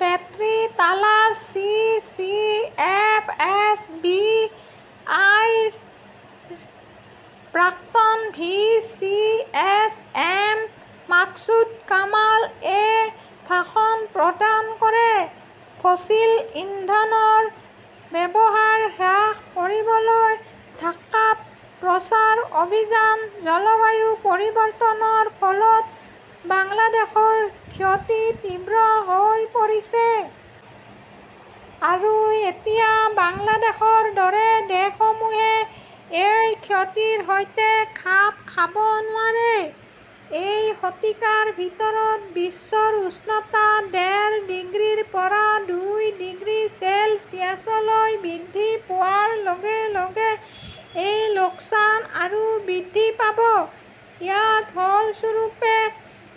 পেট্ৰী Taalas, C. C. F. S. B. I. -ৰ প্ৰাক্তন V. C. S. M. Maksud কামাল-এ ভাষণ প্ৰদান কৰে। ফসিল ইন্ধনৰ ব্যৱহাৰ হ্ৰাস কৰিবলৈ ঢাকাত প্ৰচাৰ অভিযান জলবায়ু পৰিৱৰ্তনৰ ফলত বাংলাদেশৰ ক্ষতি তীব্ৰ হৈ পৰিছে। আৰু এতিয়া বাংলাদেশৰ দৰে দেশসমূহে এই ক্ষতিৰ সৈতে খাপ খাব নোৱাৰে। এই শতিকাৰ ভিতৰত বিশ্বৰ উষ্ণতা ডেৰ ডিগ্ৰীৰ পৰা দুই ডিগ্ৰী চেলছিয়াছলৈ বৃদ্ধি পোৱাৰ লগে লগে এই লোকচান আৰু বৃদ্ধি পাব। ইয়াৰ ফলস্বৰূপে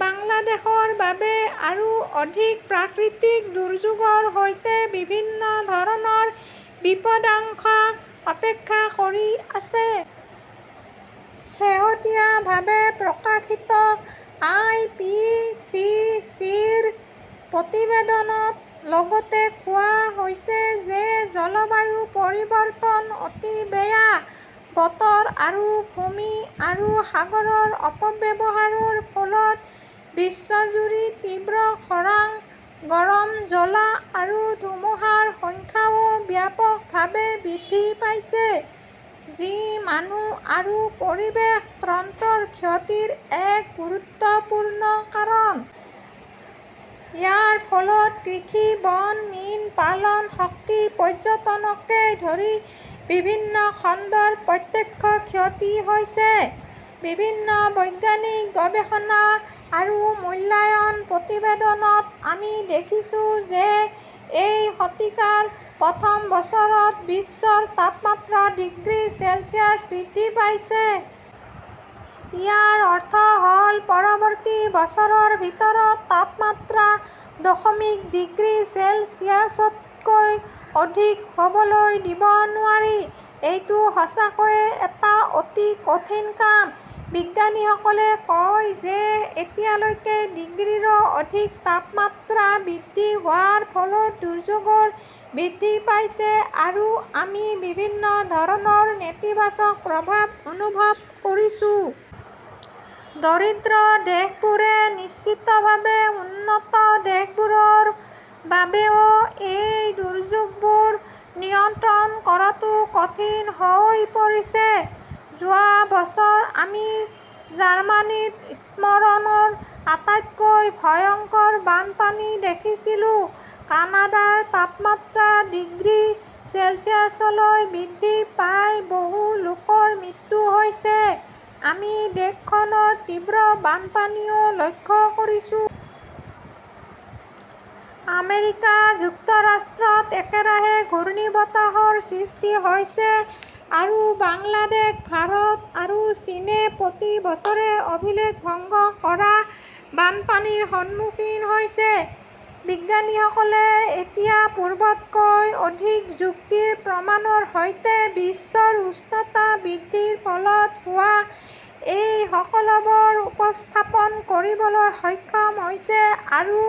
বাংলাদেশৰ বাবে আৰু অধিক প্ৰাকৃতিক দুৰ্যোগৰ সৈতে বিভিন্ন ধৰণৰ বিপদাশং অপেক্ষা কৰি আছে। শেহতীয়াভাৱে প্ৰকাশিত আই. পি. চি. চি. -ৰ প্ৰতিবেদনত লগতে কোৱা হৈছে যে জলবায়ু পৰিৱৰ্তন, অতি বেয়া বতৰ আৰু ভূমি আৰু সাগৰৰ অপব্যৱহাৰৰ ফলত বিশ্বজুৰি তীব্ৰ খৰাং, গৰম জ্বলা আৰু ধুমুহাৰ সংখ্যাও ব্যাপকভাৱে বৃদ্ধি পাইছে, যি মানুহ আৰু পৰিৱেশ তন্ত্ৰৰ ক্ষতিৰ এক গুৰুত্বপূৰ্ণ কাৰণ। ইয়াৰ ফলত কৃষি, বন, মীন পালন, শক্তি, পৰ্যটনকে ধৰি বিভিন্ন খণ্ডৰ প্ৰত্যক্ষ ক্ষতি হৈছে। বিভিন্ন বৈজ্ঞানিক গৱেষণা আৰু মূল্যায়ন প্ৰতিবেদনত আমি দেখিছো যে এই শতিকাৰ প্ৰথম বছৰত বিশ্বৰ তাপমাত্ৰা ডিগ্ৰী চেলছিয়াছ বৃদ্ধি পাইছে। ইয়াৰ অৰ্থ হ'ল পৰৱৰ্তী বছৰৰ ভিতৰত তাপমাত্ৰা দশমিক ডিগ্ৰী চেলছিয়াছতকৈ অধিক হ'বলৈ দিব নোৱাৰি। এইটো সঁচাকৈয়ে এটা অতি কঠিন কাম। বিজ্ঞানীসকলে কয় যে এতিয়ালৈকে ডিগ্ৰীৰো অধিক তাপমাত্ৰা বৃদ্ধি হোৱাৰ ফলত দুৰ্যোগ বৃদ্ধি পাইছে আৰু আমি বিভিন্ন ধৰণৰ নেতিবাচক প্ৰভাৱ অনুভৱ কৰিছো। দৰিদ্ৰ দেশবোৰে নিশ্চিতভাৱে উন্নত দেশবোৰৰ বাবেও এই দুৰ্যোগবোৰ নিয়ন্ত্ৰণ কৰাটো কঠিন হৈ পৰিছে। যোৱা বছৰ আমি জাৰ্মানীত স্মৰণৰ আটাইতকৈ ভয়ংকৰ বানপানী দেখিছিলোঁ। কানাডাৰ তাপমাত্ৰা ডিগ্ৰী চেলছিয়াছলৈ বৃদ্ধি পাই বহু লোকৰ মৃত্যু হৈছে, আমি দেশখনৰ তীব্ৰ বানপানীও লক্ষ্য কৰিছো। আমেৰিকা যুক্তৰাষ্ট্ৰত একেৰাহে ঘূৰ্ণীবতাহৰ সৃষ্টি হৈছে। আৰু বাংলাদেশ, ভাৰত আৰু চীনে প্ৰতি বছৰে অভিলেখ ভংগ কৰা বানপানীৰ সন্মুখীন হৈছে। বিজ্ঞানীসকলে এতিয়া পূৰ্বতকৈ অধিক যুক্তিৰ প্ৰমাণৰ সৈতে বিশ্বৰ উচ্চতা বৃদ্ধিৰ ফলত হোৱা এই সকলোবোৰ উপস্থাপন কৰিবলৈ সক্ষম হৈছে আৰু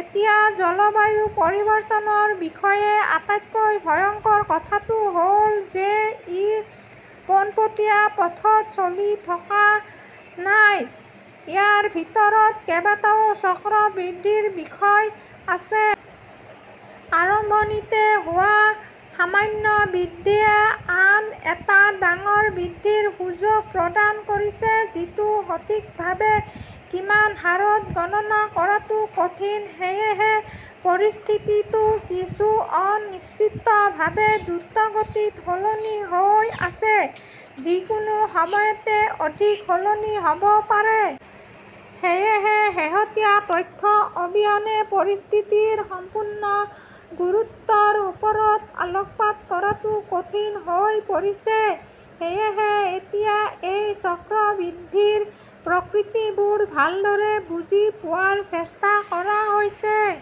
এতিয়া জলবায়ু পৰিৱৰ্তনৰ বিষয়ে আটাইতকৈ ভয়ংকৰ কথাটো হ 'ল যে ই পোনপটীয়া পথত চলি থকা নাই, ইয়াৰ ভিতৰত কেইবাটাও চক্ৰবৃদ্ধিৰ বিষয় আছে। আৰম্ভণিতে হোৱা সামান্য বৃদ্ধিয়ে আন এটা ডাঙৰ বৃদ্ধিৰ সুযোগ প্ৰদান কৰিছে যিটো সঠিকভাৱে কিমান হাৰত গণনা কৰাটো কঠিন। সেয়েহে পৰিস্থিতিটো কিছু অনিশ্চিতভাৱে দ্ৰুতগতিত সলনি হৈ আছে, যিকোনো সময়তে অধিক সলনি হ 'ব পাৰে। সেয়েহে, শেহতীয়া তথ্য অবিহনে পৰিস্থিতিৰ সম্পূৰ্ণ গুৰুত্বৰ ওপৰত আলোকপাত কৰাটো কঠিন হৈ পৰিছে। সেয়েহে এতিয়া এই চক্ৰবৃদ্ধিৰ প্ৰকৃতিবোৰ ভালদৰে বুজি পোৱাৰ চেষ্টা কৰা হৈছে।